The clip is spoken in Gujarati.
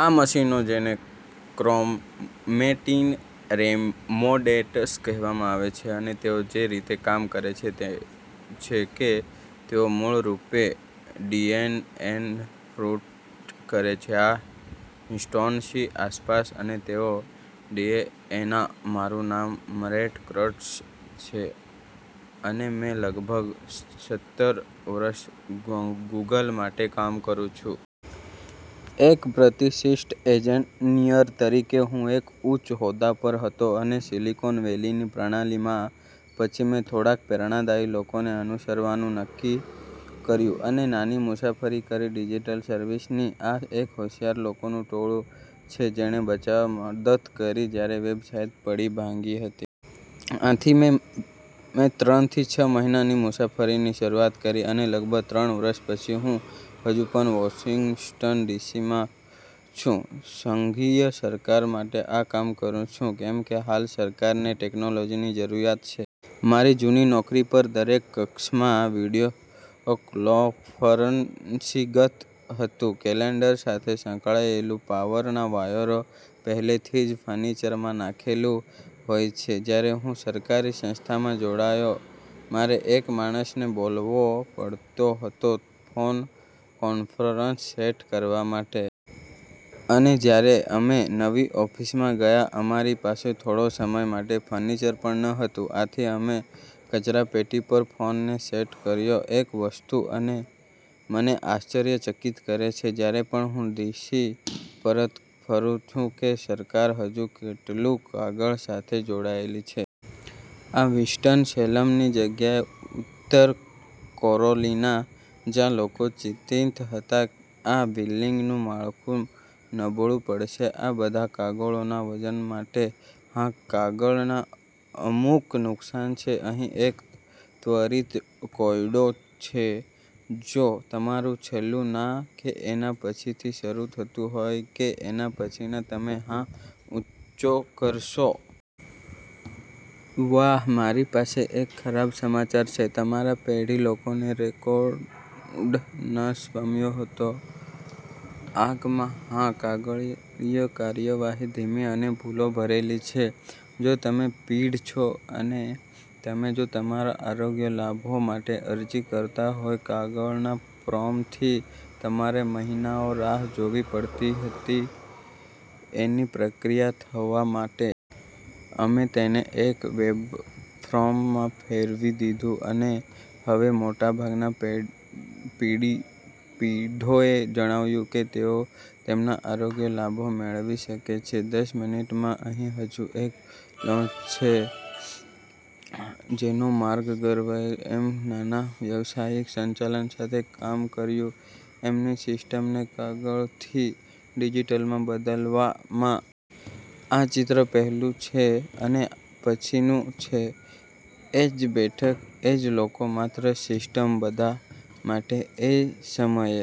આ મશીનો જેને ક્રોમેટિન રિમોડેલર્સ કહેવામાં આવે છે, અને તેઓ જે રીતે કામ કરે છે તે છે કે તેઓ મૂળરૂપે ડીએનએને સ્કૂટ કરે છે આ હિસ્ટોન્સની આસપાસ અને તેઓ ડીએનએના। મારું નામ મેટ્ટ કટ્સ છે, અને મેં લગભગ સત્તર વર્ષથી ગુગલ માટે કામ કર્યું છે. એક પ્રતિષ્ઠિત એન્જીનીયર તરીકે, હું એક ઉચ્ચ હોદ્દા પર હતો સીલીકોન વેલીની પ્રણાલી માં. પછી મેં થોડાક પ્રેરણાદાયી લોકોને અનુસરવા નું નક્કી કર્યું અને નાની મુસાફરી કરી ડીજીટલ સર્વિસ ની. આ એક હોશિયાર લોકોનું ટોળું છે જેણે બચાવમાં મદદ કરી જયારે વેબસાઈટ પડી ભાંગી હતી. આથી મેં ત્રણ થી છ મહિના ની મુસાફરીની શરૂઆત કરી, અને લગભગ ત્રણ વર્ષ પછી, હું હજુ પણ વોશિંગ્ટન ડીસી માં છું, સંઘીય સરકાર માટે કામ કરું છું, કેમકે હાલ સરકાર ને ટેકનોલોજીની જરૂરીયાત છે. મારી જૂની નોકરી પર, દરેક કક્ષમાં વિડીયોકોન્ફરન્સીંગ હતું કેલેન્ડર સાથે સંકળાયેલુ, પાવરના વાયરો પેહલે થી જ ફર્નિચરમાં નાખેલું હોઈ છે. જયારે હું સરકારી સંસ્થામાં જોડાયો, મારે એક માણસ ને બોલાવવો પડતો હતો ફોન કોન્ફરન્સ સેટ કરવા માટે. અને જયારે અમે નવી ઓફીસ માં ગયા, અમારી પાસે થોડો સમય માટે ફર્નિચર પણ ન હતું, આથી અમે કચરા પેટી પર ફોન ને સેટ કર્યો. એક વસ્તુ મને આશ્ચર્યચકિત કરે છે, જયારે પણ હું ડીસી પરત ફરું છું, કે સરકાર હજુ કેટલું કાગળ સાથે જોડાયેલી છે. આ વિન્સ્ટન-સેલમ ની જગ્યા છે, ઉત્તર કોરોલીના, જ્યાં લોકો ચિંતિત હતા કે આ બિલ્ડીંગનું માળખું નબળું પડશે આ બધા કાગળોના વજન માટે. હા. કાગળના અમુક નુકસાન છે. અહી એક ત્વરિત કોયડો છે: જો તમારું છેલું નાં, કે એના પછીથી શરુ થતું હોય, કે એના પછીના, તમે હાથ ઉચો કરશો? વાહ. મારી પાસે એક ખરાબ સમાચાર છે: તમારા પીઢ લોકોનો રેકોર્ડ નાશ પામ્યો હતો આગ માં. હા, કાગળીય કાર્યવાહી ધીમી અને ભૂલો ભરેલી છે. જો તમે પીઢ છો અને તમે જો તમારા આરોગ્ય લાભો માટે અરજી કરતા હોય કાગળના ફોર્મ થી, તમારે મહિનાઓ રાહ જોવી પડતી હતી એની પ્રક્રિયા થવા માટે. અમે તેને એક વેબફોર્મ માં ફેરવી દીધું, અને હવે મોટાભાગના પીઢોએ જાણ્યું કે તેઓ તેમના આરોગ્ય લાભો મેળવી શકે છે દસ મિનીટમાં. અહી હજુ એક લોન્ચ છે જેનો મને ગર્વ છે. અમે એક નાના વ્યાવસાયિક સંચાલન સાથે કામ કર્યુ એમની સીસ્ટમને કાગળથી ડીજીટલ માં બદલવા માં. આ ચિત્ર પેહલાનું છે, અને આ થયા પછીનું છે. એજ બેઠક, એજ લોકો, માત્ર સારી સીસ્ટમ બધા માટે. એ સમયે,